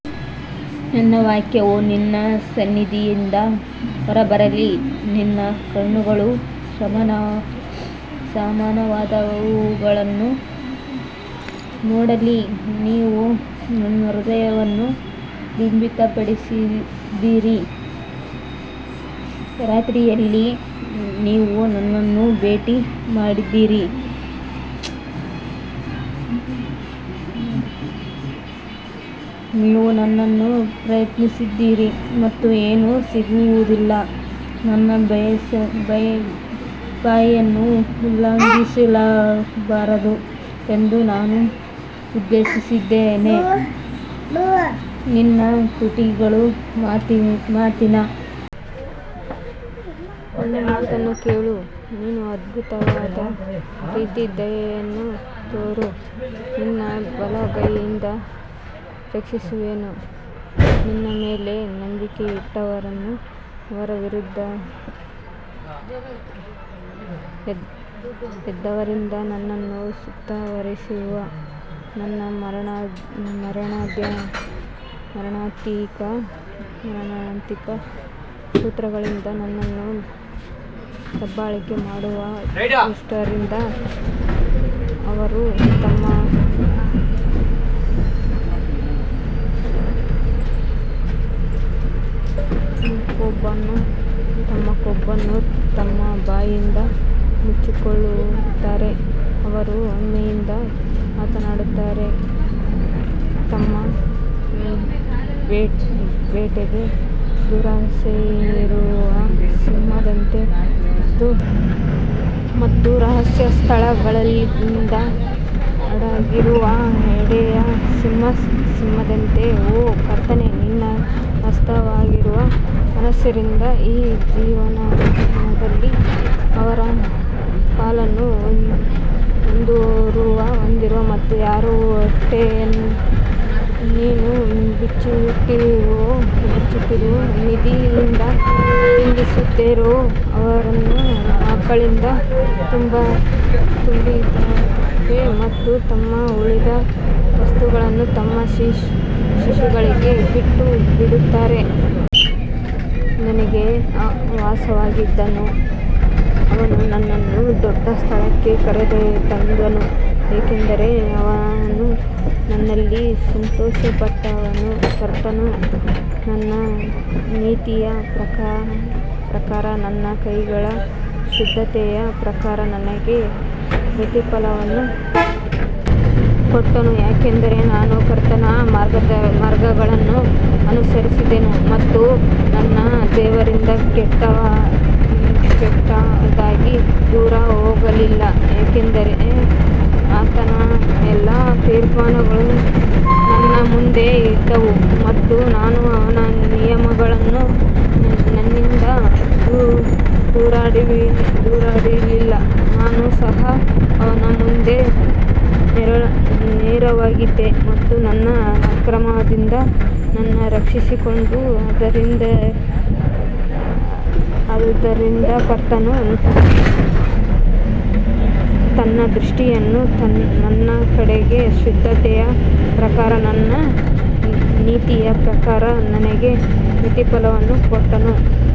ನನ್ನ ವಾಕ್ಯವು ನಿನ್ನ ಸನ್ನಿಧಿಯಿಂದ ಹೊರಬರಲಿ, ನಿನ್ನ ಕಣ್ಣುಗಳು ಸಮಾನವಾದವುಗಳನ್ನು ನೋಡಲಿ ನೀವು ನನ್ನ ಹೃದಯವನ್ನು ಸಾಬೀತುಪಡಿಸಿದ್ದೀರಿ, ರಾತ್ರಿಯಲ್ಲಿ ನೀವು ನನ್ನನ್ನು ಭೇಟಿ ಮಾಡಿದ್ದೀರಿ, ನೀವು ನನ್ನನ್ನು ಪ್ರಯತ್ನಿಸಿದ್ದೀರಿ ಮತ್ತು ಏನೂ ಸಿಗುವುದಿಲ್ಲ, ನನ್ನ ಬಾಯಿಯನ್ನು ಉಲ್ಲಂಘಿಸಬಾರದು ಎಂದು ನಾನು ಉದ್ದೇಶಿಸಿದ್ದೇನೆ ನಿನ್ನ ತುಟಿಗಳ ಮಾತಿನ ನನ್ನ ಮಾತನ್ನು ಕೇಳು ನಿನ್ನ ಅದ್ಭುತವಾದ ಪ್ರೀತಿ ದಯೆಯನ್ನು ತೋರು, ನಿನ್ನ ಬಲಗೈಯಿಂದ ರಕ್ಷಿಸುವವನೇ, ನಿನ್ನ ಮೇಲೆ ನಂಬಿಕೆ ಇಟ್ಟವರನ್ನು ಅವರ ವಿರುದ್ಧ ಎದ್ದವರಿಂದ ನನ್ನನ್ನು ಸುತ್ತುವರಿಯುವ ನನ್ನ ಮಾರಣಾಂತಿಕ ಶತ್ರುಗಳಿಂದ ನನ್ನನ್ನು ದಬ್ಬಾಳಿಕೆ ಮಾಡುವ ದುಷ್ಟರಿಂದ ಅವರು ತಮ್ಮ ಕೊಬ್ಬನ್ನು ತಮ್ಮ ಬಾಯಿಯಿಂದ ಮುಚ್ಚಿಕೊಳ್ಳುತ್ತಾರೆ, ಅವರು ಹೆಮ್ಮೆಯಿಂದ ಮಾತನಾಡುತ್ತಾರೆ ತನ್ನ ಬೇಟೆಗೆ ದುರಾಸೆಯಿರುವ ಸಿಂಹದಂತೆ ಮತ್ತು ರಹಸ್ಯ ಸ್ಥಳಗಳಲ್ಲಿ ಅಡಗಿರುವ ಎಳೆಯ ಸಿಂಹದಂತೆ ಓ ಕರ್ತನೇ, ನಿನ್ನ ಹಸ್ತವಾಗಿರುವ ಮನುಷ್ಯರಿಂದ ಈ ಜೀವನದಲ್ಲಿ ಅವರ ಪಾಲನ್ನು ಹೊಂದಿರುವ ಮತ್ತು ಯಾರ ಹೊಟ್ಟೆಯನ್ನು ನೀನು ಬಚ್ಚಿಟ್ಟಿರುವ ನಿಧಿಯಿಂದ ತುಂಬಿಸುತ್ತೀರೋ ಅವರು ಮಕ್ಕಳಿಂದ ತುಂಬಿದ್ದಾರೆ ಮತ್ತು ತಮ್ಮ ಉಳಿದ ವಸ್ತುಗಳನ್ನು ತಮ್ಮ ಶಿಶುಗಳಿಗೆ ಬಿಟ್ಟುಬಿಡುತ್ತಾರೆ. ನನಗೆ ವಾಸವಾಗಿದ್ದನು ಅವನು ನನ್ನನ್ನು ದೊಡ್ಡ ಸ್ಥಳಕ್ಕೆ ಕರೆತಂದನು, ಏಕೆಂದರೆ ಅವನು ನನ್ನಲ್ಲಿ ಸಂತೋಷಪಟ್ಟನು ಕರ್ತನು ನನ್ನ ನೀತಿಯ ಪ್ರಕಾರ ನನ್ನ ಕೈಗಳ ಶುದ್ಧತೆಯ ಪ್ರಕಾರ ನನಗೆ ಪ್ರತಿಫಲವನ್ನು ಕೊಟ್ಟನು ಯಾಕಂದರೆ ನಾನು ಕರ್ತನ ಮಾರ್ಗಗಳನ್ನು ಅನುಸರಿಸಿದ್ದೇನೆ ಮತ್ತು ನನ್ನ ದೇವರಿಂದ ಕೆಟ್ಟದಾಗಿ ದೂರ ಹೋಗಲಿಲ್ಲ ಯಾಕಂದರೆ ಆತನ ಎಲ್ಲಾ ತೀರ್ಪುಗಳು ನನ್ನ ಮುಂದೆ ಇದ್ದವು ಮತ್ತು ನಾನು ಅವನ ನಿಯಮಗಳನ್ನು ನನ್ನಿಂದ ದೂರವಿಡಲಿಲ್ಲ ನಾನು ಸಹ ಅವನ ಮುಂದೆ ನೇರವಾಗಿದ್ದೆ ಮತ್ತು ನನ್ನ ಅಕ್ರಮದಿಂದ ನನ್ನನ್ನು ರಕ್ಷಿಸಿಕೊಂಡೆ ಆದದರಿಂದ ಕರ್ತನು ತನ್ನ ದೃಷ್ಟಿಯಲ್ಲಿ ನನ್ನ ಕೈಗಳ ಶುದ್ಧತೆಯ ಪ್ರಕಾರ ನನ್ನ ನೀತಿಯ ಪ್ರಕಾರ ನನಗೆ ಪ್ರತಿಫಲವನ್ನು ಕೊಟ್ಟನು.